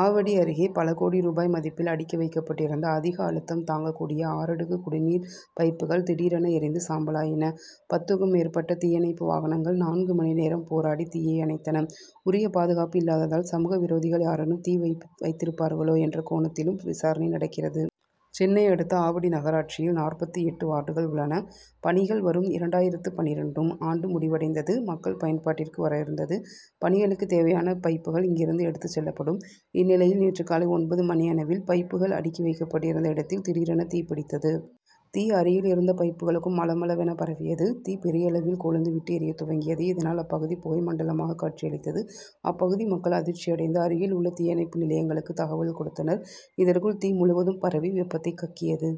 ஆவடி ஆவடி அருகே பல கோடி ரூபாய் மதிப்பில் அடுக்கி வைக்கப்பட்டிந்த அதிக அழுத்தம் தாங்கக் கூடிய ஆறடுக்கு குடிநீர் பைப்புகள் திடீரென எரிந்து சாம்பலாயின. பத்துக்கும் மேற்பட்ட தீயணைப்பு வாகனங்கள் நான்கு மணி நேரம் போராடி தீயை அணைத்தன. உரிய பாதுகாப்பு இல்லாதாதல், சமூக விரோதிகள் யாரேனும் தீ வைத்திருப்பார்களோ என்ற கோணத்திலும் விசாரணை நடக்கிறது. சென்னை அடுத்த ஆவடி நகராட்சியில் நாற்பத்து எட்டு வார்டுகள் உள்ளன. பணிகள், வரும் இரண்டாயிரத்து பன்னிரண்டு ம் ஆண்டு முடிவடைந்து மக்கள் பயன்பாட்டிற்கு வர இருந்தது. பணிகளுக்குத் தேவையான பைப்புகள் இங்கிருந்து எடுத்துச் செல்லப்படும். இந்நிலையில், நேற்று காலை ஒன்பது மணி அளவில், பைப்புகள் அடுக்கி வைக்கப்பட்டிருந்த இடத்தில் திடீரென தீப்பிடித்தது. தீ, அருகில் இருந்த பைப்புகளுக்கும் மளமள'வென பரவியது. தீ பெரிய அளவில் கொழுந்து விட்டு எரியத் துவங்கியது. இதனால், அப்பகுதி புகை மண்டலமாக காட்சியளித்தது. அப்பகுதி மக்கள் அதிர்ச்சி அடைந்து அருகில் உள்ள தீயணைப்பு நிலையங் களுக்கு தகவல் கொடுத்தனர். இதற்குள் தீ முழுவதும் பரவி வெப்பத்தை கக்கியது.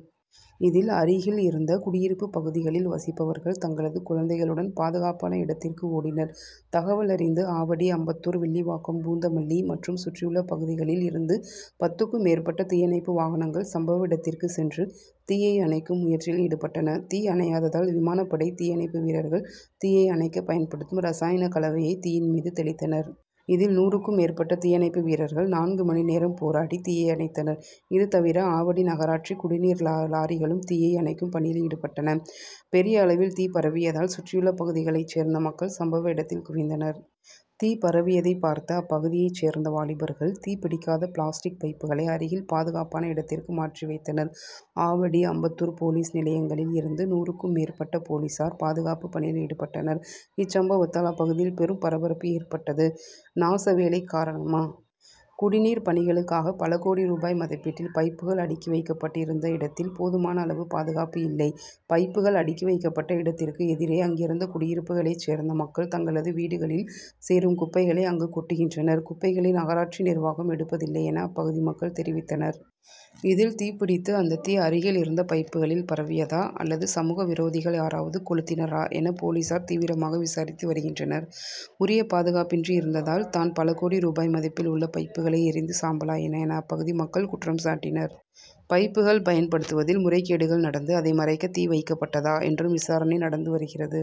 இதில், அருகில் இருந்த குடியிருப்பு பகுதிகளில் வசிப்பவர்கள் தங்களது குழந்தைகளுடன் பாதுகாப்பான இடத்திற்கு ஓடினர். தகவலறிந்து ஆவடி, அம்பத்தூர், வில்லிவாக்கம், பூந்தமல்லி மற்றும் சுற்றியுள்ள பகுதிகளில் இருந்து பத்துக்கும் மேற்பட்ட தீயணைப்பு வாகனங்கள் சம்பவ இடத்திற்குச் சென்று, தீயை அணைக்கும் முயற்சியில் ஈடுபட்டன. தீ அணையாததால், விமானப்படை தீயணைப்பு வீரர்கள் தீயை அணைக்க பயன்படுத்தும் ரசாயனக் கலவையை, தீயின் மீது தெளித்தனர். இதில், நூறுக்கும் மேற்பட்ட தீயணைப்பு வீரர்கள் நான்கு மணி நேரம் போராடி தீயை அணைத்தனர். இது தவிர, ஆவடி நகராட்சி குடிநீர் லாரிகளும் தீயை அணைக்கும் பணியில் ஈடுபட்டன. பெரிய அளவில் தீ பரவியதால் சுற்றியுள்ள பகுதிகளைச் சேர்ந்த மக்கள், சம்பவ இடத்தில் குவிந்தனர். தீ பரவியதை பார்த்த அப்பகுதியைச் சேர்ந்த வாலிபர்கள், தீ பிடிக்காத பிளாஸ்டிக் பைப்புகளை அருகில் பாதுகாப்பான இடத்திற்கு மாற்றி வைத்தனர். ஆவடி, அம்பத்தூர் போலீஸ் நிலையங்களில் இருந்து நூறுக்கும் மேற்பட்ட போலீசார் பாதுகாப்பு பணியில் ஈடுபட்டனர். இச்சம்பவத்தால் அப்பகுதியில் பெரும் பரபரப்பு ஏற்பட்டது. நாசவேலை காரணமா? குடிநீர் பணிகளுக்காக பலகோடி ரூபாய் மதிப்பீட்டில் பைப்கள் அடுக்கி வைக்கப் பட்டிருந்த இடத்தில் போதுமான அளவு பாதுகாப்பு இல்லை. பைப்புகள் அடுக்கி வைக்கப்பட்ட இடத்திற்கு எதிரே அங்கிருந்த குடியிருப்புகளைச் சேர்ந்த மக்கள் தங்களது வீடுகளில் சேரும் குப்பைகளை அங்கு கொட்டுகின்றனர். குப்பைகளை நகராட்சி நிர்வாகம் எடுப்பதில்லை என, அப்பகுதி மக்கள் தெரிவித்தனர். இதில் தீப்பிடித்து, அந்த தீ அருகில் இருந்த பைப்புகளில் பரவியதா அல்லது சமூக விரோதிகள் யாராவது கொளுத்தினரா என, போலீசார் தீவிரமாக விசாரித்து வருகின்றனர். உரிய பாதுகாப்பின்றி இருந்ததால் தான் பலகோடி ரூபாய் மதிப்பில் உள்ள பைப்புகளை எரிந்து சாம்பலாயின என அப்பகுதி மக்கள் குற்றம் சாட்டினர். பைப்புகள் பயன்படுத்துவதில் முறைகேடுகள் நடந்து, அதை மறைக்க தீ வைக்கப்பட்டதா? என்றும் விசாரணை நடந்து வருகிறது.